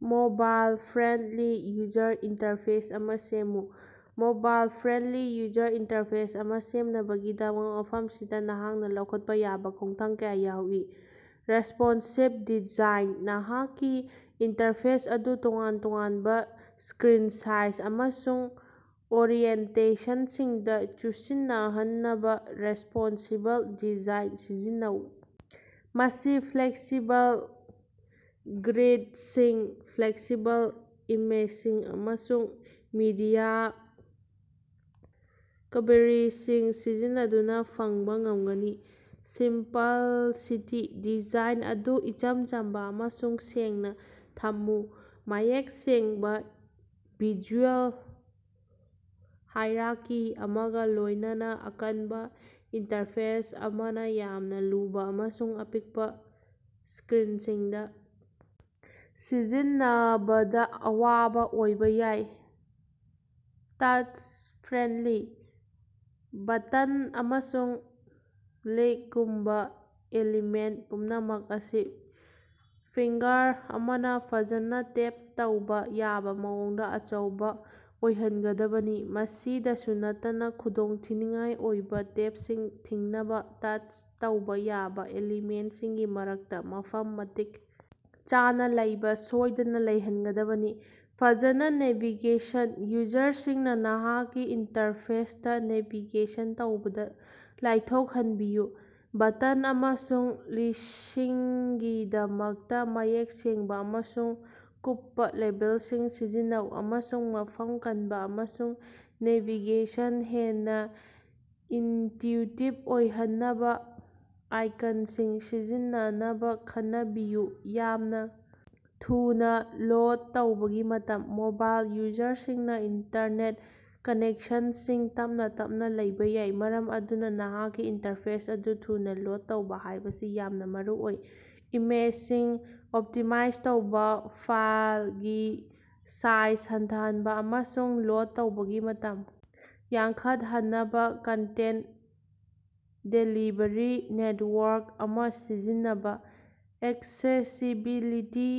Mobile friendly user interface ꯑꯃ ꯁꯦꯝꯃꯨ꯫ Mobile friendly user interface ꯑꯃ ꯁꯦꯝꯅꯕꯒꯤꯗꯃꯛ, ꯃꯐꯝꯁꯤꯗ ꯅꯍꯥꯛꯅ ꯂꯧꯈꯠꯄ ꯌꯥꯕ ꯈꯣꯡꯊꯥꯡ ꯀꯌꯥ ꯌꯥꯎꯏ꯫ ꯔꯦꯁ꯭ꯄꯣꯟꯁꯤꯚ ꯗꯤꯖꯥꯏꯟ: ꯅꯍꯥꯛꯀꯤ ꯏꯟꯇꯔꯐꯦꯁ ꯑꯗꯨ ꯇꯣꯉꯥꯟ-ꯇꯣꯉꯥꯟꯕ ꯁ꯭ꯀꯔꯤꯟ ꯁꯥꯏꯖ ꯑꯃꯁꯨꯡ ꯑꯣꯔꯤꯑꯦꯟꯇꯦꯁꯟꯁꯤꯡꯗ ꯆꯨꯁꯤꯟꯅꯍꯟꯅꯕ ꯔꯦꯁ꯭ꯄꯣꯟꯁꯤꯕꯜ ꯗꯤꯖꯥꯏꯟ ꯁꯤꯖꯤꯟꯅꯧ꯫ ꯃꯁꯤ ꯐ꯭ꯂꯦꯛꯁꯤꯕꯜ ꯒ꯭ꯔꯤꯗꯁꯤꯡ, ꯐ꯭ꯂꯦꯛꯁꯤꯕꯜ ꯏꯃꯦꯖꯁꯤꯡ, ꯑꯃꯁꯨꯡ ꯃꯤꯗꯤꯌꯥ ꯀ꯭ꯕꯦꯔꯤꯁꯤꯡ ꯁꯤꯖꯤꯟꯅꯗꯨꯅ ꯐꯪꯕꯥ ꯉꯝꯒꯅꯤ꯫ ꯁꯤꯝꯄꯜꯁꯤꯇꯤ: ꯗꯤꯖꯥꯏꯟ ꯑꯗꯨ ꯏꯆꯝ ꯆꯝꯕ ꯑꯃꯁꯨꯡ ꯁꯦꯡꯅꯥ ꯊꯝꯃꯨ, ꯃꯌꯦꯛ ꯁꯦꯡꯕ ꯚꯤꯖꯨꯑꯦꯜ ꯍꯥꯏꯔꯀꯤ ꯑꯃꯒ ꯂꯣꯏꯅꯅ꯫ ꯑꯀꯟꯕ ꯏꯟꯇꯔꯐꯦꯁ ꯑꯃꯅꯥ ꯌꯥꯝꯅ ꯂꯨꯕ ꯑꯃꯁꯨꯡ ꯑꯄꯤꯛꯄ ꯁ꯭ꯀꯔꯤꯟꯁꯤꯡꯗ ꯁꯤꯖꯤꯟꯅꯕꯗ ꯑꯋꯥꯕ ꯑꯣꯏꯕ ꯌꯥꯏ꯫ ꯇꯆ-ꯐ꯭ꯔꯦꯟꯂꯤ: ꯕꯇꯟ ꯑꯃꯁꯨꯡ ꯂꯤꯡꯒꯨꯝꯕ ꯑꯦꯂꯤꯃꯦꯟ ꯄꯨꯝꯅꯃꯛ ꯑꯁꯤ ꯐꯤꯡꯒꯔ ꯑꯃꯅ ꯐꯖꯅ ꯇꯦꯞ ꯇꯧꯕ ꯌꯥꯕ ꯃꯑꯣꯡꯗ ꯑꯆꯧꯕ ꯑꯣꯏꯍꯟꯒꯗꯕꯅꯤ꯫ ꯃꯁꯤꯗꯁꯨ ꯅꯠꯇꯅ, ꯈꯨꯗꯣꯡꯊꯤꯅꯤꯉꯥꯏ ꯑꯣꯏꯕ ꯇꯦꯞꯁꯤꯡ ꯊꯤꯡꯅꯕ ꯇꯆ ꯇꯧꯕ ꯌꯥꯕ ꯑꯦꯂꯤꯃꯦꯟꯁꯤꯡꯒꯤ ꯃꯔꯛꯇ ꯃꯐꯝ ꯃꯇꯤꯛ ꯆꯥꯅꯥ ꯂꯩꯕ ꯁꯣꯏꯗꯅ ꯂꯩꯍꯟꯒꯗꯕꯅꯤ꯫ ꯐꯖꯅ ꯅꯦꯚꯤꯒꯦꯁꯟ: ꯌꯨꯖꯔꯁꯤꯡꯅ ꯅꯍꯥꯛꯀꯤ ꯏꯟꯇꯔꯐꯦꯁꯇ ꯅꯦꯚꯤꯒꯦꯁꯟ ꯇꯧꯕꯗ ꯂꯥꯏꯊꯣꯛꯍꯟꯕꯤꯌꯨ꯫ ꯕꯇꯟ ꯑꯃꯁꯨꯡ ꯂꯤꯡꯁꯤꯡꯒꯤꯗꯃꯛꯇ ꯃꯌꯦꯛ ꯁꯦꯡꯕ ꯑꯃꯁꯨꯡ ꯀꯨꯞꯄ ꯂꯦꯕꯦꯜꯁꯤꯡ ꯁꯤꯖꯤꯟꯅꯧ, ꯑꯃꯁꯨꯡ ꯃꯐꯝ ꯀꯟꯕ ꯑꯃꯁꯨꯡ ꯅꯦꯚꯤꯒꯦꯁꯟ ꯍꯦꯟꯅ ꯏꯟꯇꯌꯨꯇꯤꯕ ꯑꯣꯏꯍꯟꯅꯕ ꯑꯥꯏꯀꯟꯁꯤꯡ ꯁꯤꯖꯤꯟꯅꯅꯕ ꯈꯟꯅꯕꯤꯌꯨ꯫ ꯌꯥꯝꯅ ꯊꯨꯅꯥ ꯂꯣꯗ ꯇꯧꯕꯒꯤ ꯃꯇꯝ: ꯃꯣꯕꯥꯏꯜ ꯌꯨꯖꯔꯁꯤꯡꯅ ꯏꯟꯇꯔꯅꯦꯠ ꯀꯅꯦꯛꯁꯟꯁꯤꯡ ꯇꯞꯅ ꯇꯞꯅ ꯂꯩꯕ ꯌꯥꯏ, ꯃꯔꯝ ꯑꯗꯨꯅ ꯅꯍꯥꯛꯀꯤ ꯏꯟꯇꯔꯐꯦꯁ ꯑꯗꯨ ꯊꯨꯅ ꯂꯣꯗ ꯇꯧꯕ ꯍꯥꯏꯕꯁꯤ ꯌꯥꯝꯅ ꯃꯔꯨꯑꯣꯏ꯫ ꯏꯃꯦꯖꯁꯤꯡ ꯑꯣꯞꯇꯤꯃꯥꯏꯖ ꯇꯧꯕ, ꯐꯥꯏꯜꯒꯤ ꯁꯥꯏꯖ ꯍꯟꯊꯍꯟꯕ, ꯑꯃꯁꯨꯡ ꯂꯣꯗ ꯇꯧꯕꯒꯤ ꯃꯇꯝ ꯌꯥꯡꯈꯠꯍꯟꯅꯕ ꯀꯟꯇꯦꯟ ꯗꯦꯂꯤꯚꯔꯤ ꯅꯦꯠꯋꯥꯔꯛ ꯑꯃ ꯁꯤꯖꯤꯟꯅꯕ꯫ ꯑꯦꯛꯁꯦꯁꯤꯕꯤꯂꯤꯇꯤ: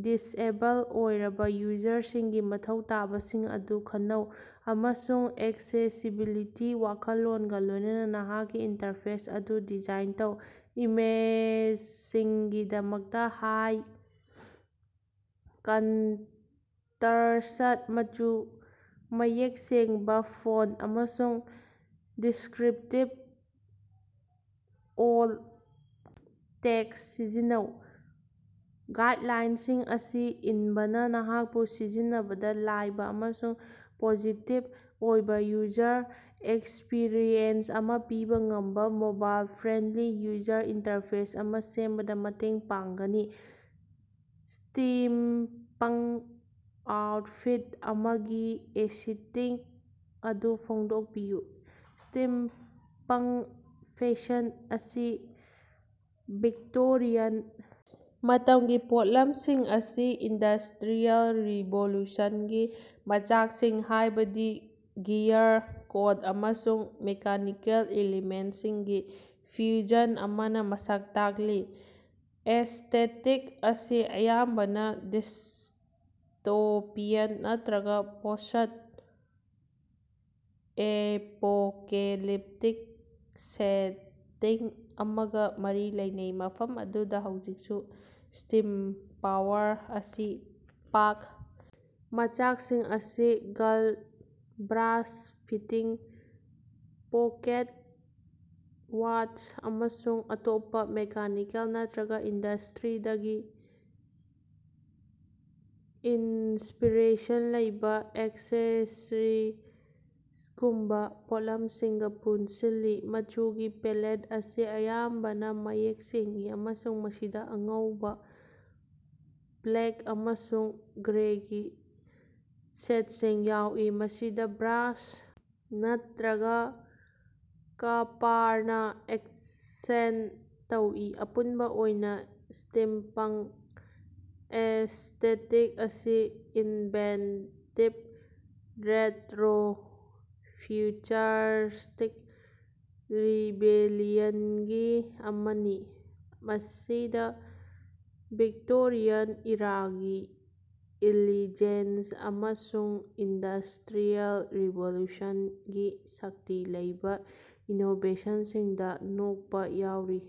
ꯗꯤꯁꯑꯦꯕꯜ ꯑꯣꯏꯔꯕ ꯌꯨꯖꯔꯁꯤꯡꯒꯤ ꯃꯊꯧ ꯇꯥꯕꯁꯤꯡ ꯑꯗꯨ ꯈꯟꯅꯧ ꯑꯃꯁꯨꯡ ꯑꯦꯛꯁꯦꯁꯤꯕꯤꯂꯤꯇꯤꯒꯤ ꯋꯥꯈꯜꯂꯣꯟꯒ ꯂꯣꯏꯅꯅ ꯅꯍꯥꯛꯀꯤ ꯏꯟꯇꯔꯐꯦꯁ ꯑꯗꯨ ꯗꯤꯖꯥꯏꯟ ꯇꯧ꯫ ꯏꯃꯦꯖꯁꯤꯡꯒꯤꯗꯃꯛꯇ ꯍꯥꯏ ꯀꯟꯇꯔꯁ꯭ꯠ ꯃꯆꯨ, ꯃꯌꯦꯛ ꯁꯦꯡꯕ ꯐꯣꯟꯠ, ꯑꯃꯁꯨꯡ ꯗꯤꯁ꯭ꯀꯔꯤꯞꯇꯤꯕ ꯑꯣꯜ ꯇꯦꯛꯁ ꯁꯤꯖꯤꯟꯅꯧ꯫ ꯒꯥꯏꯠꯂꯥꯏꯟꯁꯤꯡ ꯑꯁꯤ ꯏꯟꯕꯅ ꯅꯍꯥꯛꯄꯨ ꯁꯤꯖꯤꯟꯅꯕꯗ ꯂꯥꯏꯕ ꯑꯃꯁꯨꯡ ꯄꯣꯖꯤꯇꯤꯚ ꯑꯣꯏꯕ ꯌꯨꯖꯔ ꯑꯦꯛꯁꯄꯤꯔꯤꯑꯦꯟꯁ ꯑꯃ ꯄꯤꯕ ꯉꯝꯕ ꯃꯣꯕꯥꯏꯜ-ꯐ꯭ꯔꯦꯟꯂꯤ ꯌꯨꯖꯔ ꯏꯟꯇꯔꯐꯦꯁ ꯑꯃꯥ ꯁꯦꯝꯕꯗ ꯃꯇꯦꯡ ꯄꯥꯡꯒꯅꯤ꯫ ꯁ꯭ꯇꯤꯝꯄꯪ ꯑꯥꯎꯠꯐꯤꯠ ꯑꯃꯒꯤ ꯑꯦꯁꯤꯇꯤꯛ ꯑꯗꯨ ꯐꯣꯡꯗꯣꯛꯄꯤꯌꯨ꯫ ꯁ꯭ꯇꯤꯝꯄꯪ ꯐꯦꯁꯟ ꯑꯁꯤ ꯚꯤꯛꯇꯣꯔꯤꯌꯥꯟ ꯃꯇꯝꯒꯤ ꯄꯣꯠꯂꯝꯁꯤꯡ ꯑꯃꯁꯨꯡ ꯏꯟꯗꯁ꯭ꯇꯔꯤꯌꯦꯜ ꯔꯤꯚꯣꯂꯨꯁꯟꯒꯤ ꯃꯆꯥꯛꯁꯤꯡ ꯍꯥꯏꯕꯗꯤ ꯒꯤꯌꯔ, ꯀꯣꯠ, ꯑꯃꯁꯨꯡ ꯃꯦꯀꯥꯅꯤꯀꯦꯜ ꯏꯂꯤꯃꯦꯟꯁꯤꯡꯒꯤ ꯐ꯭ꯌꯨꯖꯟ ꯑꯃꯅ ꯃꯁꯛ ꯇꯥꯛꯂꯤ꯫ ꯑꯦꯁ꯭ꯇꯦꯇꯤꯛ ꯑꯁꯤ ꯑꯌꯥꯝꯕꯅ ꯗꯤꯁ꯭ꯇꯣꯄꯤꯌꯟ ꯅꯠꯇ꯭ꯔꯒ ꯄꯣꯁ꯭ꯠ-ꯑꯦꯄꯣꯀꯦꯂꯤꯞꯇꯤꯛ ꯁꯦꯇꯤꯡ ꯑꯃꯒ ꯃꯔꯤ ꯂꯩꯅꯩ, ꯃꯐꯝ ꯑꯗꯨꯗ ꯍꯧꯖꯤꯛꯁꯨ ꯁ꯭ꯇꯤꯝ ꯄꯥꯋꯔ ꯑꯁꯤ ꯄꯥꯛ ꯃꯆꯥꯛꯁꯤꯡ ꯑꯁꯤ ꯒꯜ, ꯕ꯭ꯔꯥꯁ ꯐꯤꯇꯤꯡ, ꯄꯣꯀꯦꯠ ꯋꯥꯆ, ꯑꯃꯁꯨꯡ ꯑꯇꯣꯞꯄ ꯃꯦꯀꯥꯅꯤꯀꯦꯜ ꯅꯠꯇꯔꯒ ꯏꯟꯗꯁ꯭ꯇꯔꯤꯗꯒꯤ ꯏꯟꯁ꯭ꯄꯤꯔꯦꯁꯟ ꯂꯩꯕ ꯑꯦꯛꯁꯦꯁꯔꯤꯖꯒꯨꯝꯕ ꯄꯣꯠꯂꯝꯁꯤꯡꯒ ꯄꯨꯟꯁꯤꯜꯂꯤ꯫ ꯃꯆꯨꯒꯤ ꯄꯦꯂꯦꯠ ꯑꯁꯤ ꯑꯌꯥꯝꯕꯅ ꯃꯌꯦꯛ ꯁꯦꯡꯏ ꯑꯃꯁꯨꯡ ꯃꯁꯤꯗ ꯑꯉꯧꯕ, ꯕ꯭ꯂꯦꯛ ꯑꯃꯁꯨꯡ ꯒ꯭ꯔꯦꯒꯤ ꯁꯦꯠꯁꯤꯡ ꯌꯥꯎꯏ, ꯃꯁꯤꯗ ꯕ꯭ꯔꯥꯁ ꯅꯠꯇ꯭ꯔꯒ ꯀꯄꯥꯔꯅ ꯑꯦꯛꯁꯦꯟ ꯇꯧꯏ꯫ ꯑꯄꯨꯟꯕ ꯑꯣꯏꯅ, ꯁ꯭ꯇꯤꯝꯄꯪ ꯑꯦꯁ꯭ꯇꯦꯇꯤꯛ ꯑꯁꯤ ꯏꯟꯚꯦꯟꯇꯤꯕ, ꯔꯦꯠꯔꯣ-ꯐ꯭ꯌꯨꯆꯔꯁ꯭ꯇꯤꯛ ꯔꯤꯕꯦꯂꯤꯌꯟꯒꯤ ꯑꯃꯅꯤ, ꯃꯁꯤꯗ ꯚꯤꯛꯇꯣꯔꯤꯌꯥꯟ ꯏꯔꯥꯒꯤ ꯏꯂꯤꯖꯦꯟꯁ ꯑꯃꯁꯨꯡ ꯏꯟꯗꯁ꯭ꯇꯔꯤꯌꯦꯜ ꯔꯤꯚꯣꯂꯨꯁꯟꯒꯤ ꯁꯛꯇꯤ ꯂꯩꯕ ꯏꯅꯣꯕꯦꯁꯟꯁꯤꯡꯗ ꯅꯣꯛꯄ ꯌꯥꯎꯔꯤ꯫